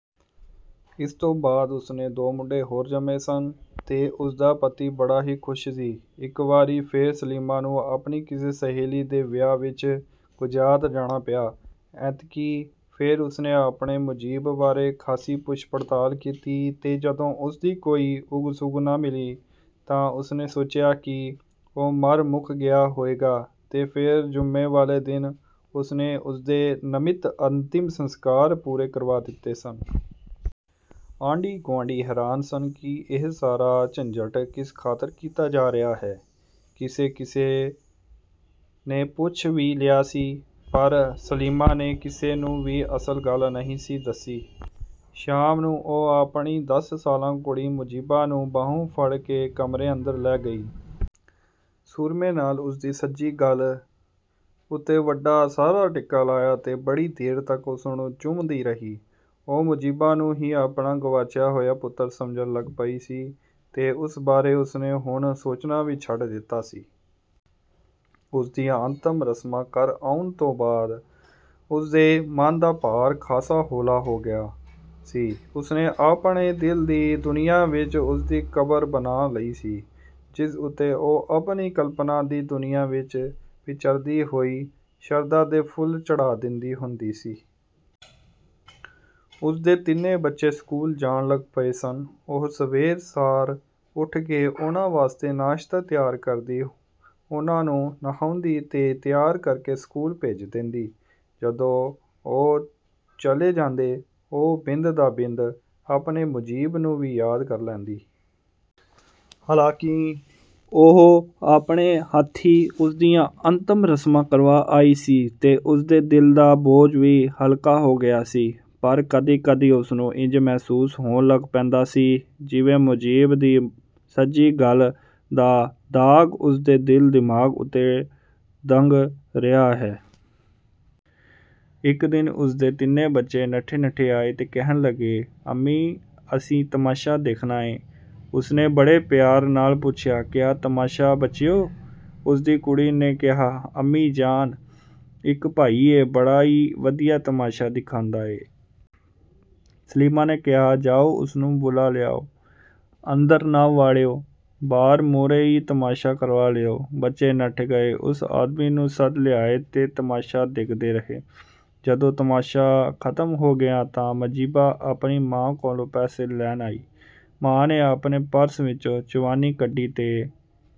ਇਸ ਤੋਂ ਬਾਅਦ ਉਸਨੇ ਦੋ ਮੁੰਡੇ ਹੋਰ ਜੰਮੇ ਸਨ ਤੇ ਉਸਦਾ ਪਤੀ ਬੜਾ ਹੀ ਖੁਸ਼ ਸੀ। ਇਕ ਵਾਰੀ ਫੇਰ ਸਲੀਮਾ ਨੂੰ ਆਪਣੀ ਕਿਸੇ ਸਹੇਲੀ ਦੇ ਵਿਆਹ ਵਿਚ ਗੁਜਰਾਤ ਜਾਣਾ ਪਿਆ। ਐਤਕੀਂ ਫੇਰ ਉਸਨੇ ਆਪਣੇ ਮੁਜੀਬ ਬਾਰੇ ਖਾਸੀ ਪੁੱਛ-ਪੜਤਾਲ ਕੀਤੀ ਤੇ ਜਦੋਂ ਉਸਦੀ ਕੋਈ ਉੱਗ-ਸੁੱਘ ਨਾ ਮਿਲੀ ਤਾਂ ਉਸਨੇ ਸੋਚਿਆ ਕਿ ਉਹ ਮਰ-ਮੁੱਕ ਗਿਆ ਹੋਏਗਾ ਤੇ ਫੇਰ ਜੁਮੇ ਵਾਲੇ ਦਿਨ ਉਸਨੇ ਉਸਦੇ ਨਮਿੱਤ ਅੰਤਿਮ ਸੰਸਕਾਰ ਪੂਰੇ ਕਰਵਾ ਦਿੱਤੇ ਸਨ। ਆਂਢੀ-ਗੁਆਂਢੀ ਹੈਰਾਨ ਸਨ ਕਿ ਇਹ ਸਾਰਾ ਝੰਜਟ ਕਿਸ ਖਾਤਰ ਕੀਤਾ ਜਾ ਰਿਹਾ ਹੈ! ਕਿਸੇ ਕਿਸੇ ਨੇ ਪੁੱਛ ਵੀ ਲਿਆ ਸੀ, ਪਰ ਸਲੀਮਾ ਨੇ ਕਿਸੇ ਨੂੰ ਵੀ ਅਸਲ ਗੱਲ ਨਹੀਂ ਸੀ ਦੱਸੀ। ਸ਼ਾਮ ਨੂੰ ਉਹ ਆਪਣੀ ਦਸ ਸਾਲਾ ਕੁੜੀ ਮੁਜੀਬਾ ਨੂੰ ਬਾਹੋਂ ਫੜ੍ਹ ਕੇ ਕਮਰੇ ਅੰਦਰ ਲੈ ਗਈ। ਸੁਰਮੇ ਨਾਲ ਉਸਦੀ ਸੱਜੀ ਗੱਲ੍ਹ ਉੱਤੇ ਵੱਡਾ ਸਾਰਾ ਟਿੱਕਾ ਲਾਇਆ ਤੇ ਬੜੀ ਦੇਰ ਤੱਕ ਉਸਨੂੰ ਚੁੰਮਦੀ ਰਹੀ। ਉਹ ਮੁਜੀਬਾ ਨੂੰ ਹੀ ਆਪਣਾ ਗਵਾਚਿਆ ਹੋਇਆ ਪੁੱਤਰ ਸਮਝਣ ਲੱਗ ਪਈ ਸੀ ਤੇ ਉਸ ਬਾਰੇ ਉਸਨੇ ਹੁਣ ਸੋਚਣਾ ਵੀ ਛੱਡ ਦਿੱਤਾ ਸੀ। ਉਸਦੀਆਂ ਅੰਤਮ ਰਸਮਾਂ ਕਰ ਆਉਣ ਤੋਂ ਬਾਅਦ ਉਸਦੇ ਮਨ ਦਾ ਭਾਰ ਖਾਸਾ ਹੌਲਾ ਹੋ ਗਿਆ ਸੀ। ਉਸਨੇ ਆਪਣੇ ਦਿਲ ਦੀ ਦੁਨੀਆਂ ਵਿਚ ਉਸ ਦੀ ਕਬਰ ਬਣਾਅ ਲਈ ਸੀ, ਜਿਸ ਉੱਤੇ ਉਹ ਆਪਣੀ ਕਲਪਣਾ ਦੀ ਦੁਨੀਆਂ ਵਿਚ ਵਿਚਰਦੀ ਹੋਈ ਸ਼ਰਧਾ ਦੇ ਫੁੱਲ ਚੜ੍ਹਾ ਦਿੰਦੀ ਹੁੰਦੀ ਸੀ। ਉਸਦੇ ਤਿੰਨੇ ਬੱਚੇ ਸਕੂਲ ਜਾਣ ਲੱਗ ਪਏ ਸਨ। ਉਹ ਸਵੇਰ ਸਾਰ ਉੱਠ ਕੇ ਉਹਨਾਂ ਵਾਸਤੇ ਨਾਸ਼ਤਾ ਤਿਆਰ ਕਰਦੀ, ਉਹਨਾਂ ਨੂੰ ਨੁਹਾਉਂਦੀ ਤੇ ਤਿਆਰ ਕਰਕੇ ਸਕੂਲ ਭੇਜ ਦਿੰਦੀ। ਜਦੋਂ ਉਹ ਚਲੇ ਜਾਂਦੇ, ਉਹ ਬਿੰਦ ਦਾ ਬਿੰਦ ਆਪਣੇ ਮੁਜੀਬ ਨੂੰ ਵੀ ਯਾਦ ਕਰ ਲੈਂਦੀ। ਹਾਲਾਂਕਿ ਉਹ ਆਪਣੇ ਹੱਥੀਂ ਉਸਦੀਆਂ ਅੰਤਮ ਰਸਮਾਂ ਕਰਵਾ ਆਈ ਸੀ ਤੇ ਉਸਦੇ ਦਿਲ ਦਾ ਬੋਝ ਵੀ ਹਲਕਾ ਹੋ ਗਿਆ ਸੀ, ਪਰ ਕਦੀ ਕਦੀ ਉਸਨੂੰ ਇੰਜ ਮਹਿਸੂਸ ਹੋਣ ਲੱਗ ਪੈਂਦਾ ਸੀ ਜਿਵੇਂ ਮੁਜੀਬ ਦੀ ਸੱਜੀ ਗੱਲ੍ਹ ਦਾ ਦਾਗ਼ ਉਸਦੇ ਦਿਲ ਦਿਮਾਗ਼ ਉੱਤੇ ਦਂਗ਼ ਰਿਹਾ ਹੈ। ਇਕ ਦਿਨ ਉਸਦੇ ਤਿੰਨੇ ਬੱਚੇ ਨੱਠੇ ਨੱਠੇ ਆਏ ਤੇ ਕਹਿਣ ਲੱਗੇ, "ਅੰਮੀ, ਅਸੀਂ ਤਮਾਸ਼ਾ ਦੇਖਣਾ ਏਂ।" ਉਸਨੇ ਬੜੇ ਪਿਆਰ ਨਾਲ ਪੁੱਛਿਆ, "ਕੇਹਾ ਤਮਾਸ਼ਾ ਬੱਚਿਓ?" ਉਸਦੀ ਕੁੜੀ ਨੇ ਕਿਹਾ, "ਅੰਮੀ ਜਾਨ, ਇਕ ਭਾਈ ਏ, ਬੜਾ ਈ ਵਧੀਆ ਤਮਾਸ਼ਾ ਦਿਖਾਂਦਾ ਏ।" ਸਲੀਮਾ ਨੇ ਕਿਹਾ, "ਜਾਓ ਉਸਨੂੰ ਬੁਲਾ ਲਿਆਓ। ਅੰਦਰ ਨਾ ਵਾੜਿਓ, ਬਾਰ ਮੂਹਰੇ ਈ ਤਮਾਸ਼ਾ ਕਰਵਾ ਲਿਓ।" ਬੱਚੇ ਨੱਠ ਗਏ। ਉਸ ਆਦਮੀ ਨੂੰ ਸੱਦ ਲਿਆਏ ਤੇ ਤਮਾਸ਼ਾ ਦੇਖਦੇ ਰਹੇ। ਜਦੋਂ ਤਮਾਸ਼ਾ ਖਤਮ ਹੋ ਗਿਆ ਤਾਂ ਮਜੀਬਾ ਆਪਣੀ ਮਾਂ ਕੋਲੋਂ ਪੈਸੇ ਲੈਣ ਆਈ। ਮਾਂ ਨੇ ਆਪਣੇ ਪਰਸ ਵਿਚੋਂ ਚਵਾਨੀ ਕੱਢੀ ਤੇ